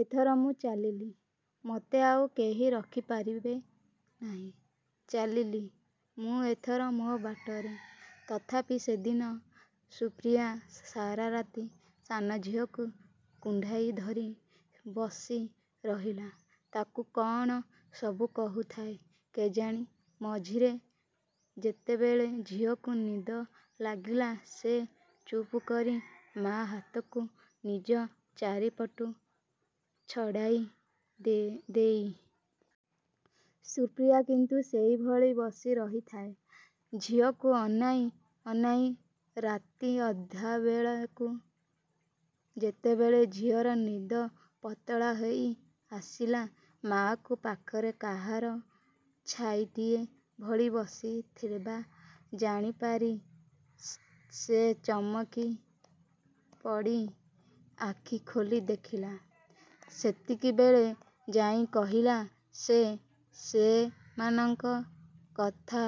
ଏଥର ମୁଁ ଚାଲିଲି। ମତେ ଆଉ କେହି ରଖିପାରିବେ ନାହିଁ। ଚାଲିଲି ମୁଁ ଏଥର ମୋ ବାଟରେ! ତଥାପି ସେଦିନ ସୁପ୍ରିୟା ସାରା ରାତି ସାନଝିଅକୁ କୁଣ୍ଢାଇ ଧରି ବସିରହିଲା। ତାକୁ କଅଣ ସବୁ କହୁଥାଏ କେଜାଣି। ମଝିରେ ଯେତେବେଳେ ଝିଅକୁ ନିଦ ଲାଗିଲା, ସେ ଚୁପକରି ମା' ହାତକୁ ନିଜ ଚାରିପଟୁ ଛଡ଼େଇ ଦେଇ। ସୁପ୍ରିୟା କିନ୍ତୁ ସେଇଭଳି ବସିରହିଥାଏ, ଝିଅକୁ ଅନାଇ ଅନାଇ। ରାତି ଅଧାବେଳକୁ ଯେତେବେଳେ ଝିଅର ନିଦ ପତଳା ହେଇଆସିଲା, ମା'କୁ ପାଖରେ କାହାର ଛାଇଟିଏ ଭଳି ବସିଥିବା ଜାଣିପାରି ସେ ଚମକିପଡ଼ି ଆଖି ଖୋଲି ଦେଖିଲା। ସେତିକିବେଳେ ଯାଇ କହିଲା ସେ, ସେମାନଙ୍କ କଥା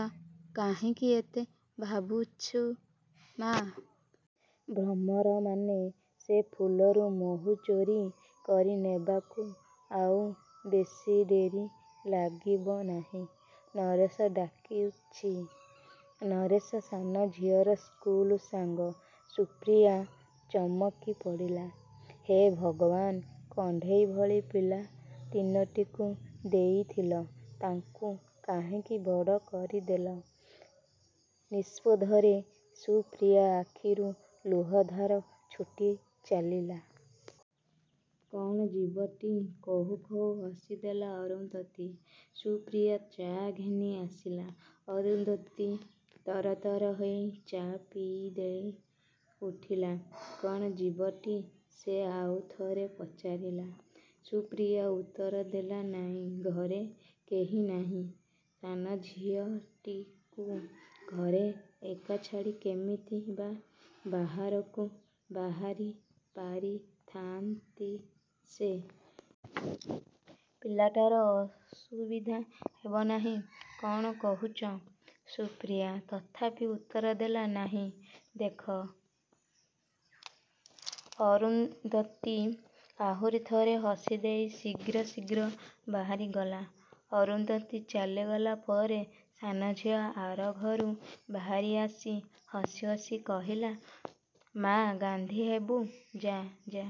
କାହିଁକି ଏତେ ଭାବୁଛୁ ମା! ଭ୍ରମରମାନେ ସେ ଫୁଲରୁ ମୋହୁ ଚୋରି କରିନେବାକୁ ଆଉ ବେଶୀ ଡେରି ଲାଗିବ ନାହିଁ। ନରେଶ ଡାକୁଛି! ନରେଶ ସାନଝିଅର ସ୍କୁଲ ସାଙ୍ଗ। ସୁପ୍ରିୟା ଚମକିପଡ଼ିଲା। ହେ ଭଗବାନ! କଣ୍ଢେଇ ଭଳି ପିଲା ତିନୋଟିଙ୍କୁ ଦେଇଥିଲ, ତାଙ୍କୁ କାହିଁକି ବଡ଼ କରିଦେଲ! ନିସ୍ପଧରେ ସୁପ୍ରିୟାର ଆଖିରୁ ଲୁହ ଧାର ଛୁଟି ଚାଲିଲା। କ'ଣ ଯିବଟି? କହୁ କହୁ ହସିଦେଲେ ଅରୁନ୍ଧତୀ। ସୁପ୍ରିୟା ଚା' ଘେନି ଆସିଲା। ଅରୁନ୍ଧତୀ ତରତର ହୋଇ ଚା' ପିଇଦେଇ ଉଠିଲା । କ'ଣ ଯିବଟି? ସେ ଆଉ ଥରେ ପଚାରିଲେ। ସୁପ୍ରିୟା ଉତ୍ତର ଦେଲା ନାହିଁ। ଘରେ କେହି ନାହିଁ। ସାନଝିଅଟିକୁ ଘରେ ଏକା ଛାଡ଼ି କେମିତି ବା ବାହାରକୁ ବାହାରିପାରିଥାନ୍ତି ସେ। ପିଲାଟାର ଅସୁବିଧା ହେବ ନାହିଁ। କ'ଣ କୋହୁଛ? ସୁପ୍ରିୟା ତଥାପି ଉତ୍ତର ଦେଲା ନାହିଁ ଦେଖ ଅରୁନ୍ଧତି ଆହୁରି ଥରେ ହସିଦେଇ ଶୀଘ୍ର ଶୀଘ୍ର ବାହାରିଗଲେ। ଅରୁନ୍ଧତୀ ଚାଲିଗଲା ପରେ ସାନଝିଅ ଆରଘରୁ ବାହାରିଆସି ହସିହସି କହିଲା, ମା, ଗାନ୍ଧୀ ହେବୁ? ଯା ଯା,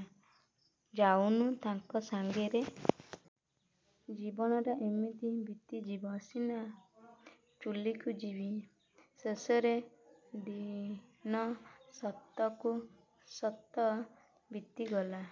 ଯାଉନୁ ତାଙ୍କ ସାଙ୍ଗରେ। ଜୀବନଟା ଏମିତି ବିତିଯିବ ସିନା, ଚୁଲିକୁ ଯିବି ଶେଷରେ। ଦିନ ସତକୁ ସତ ବିତିଗଲା।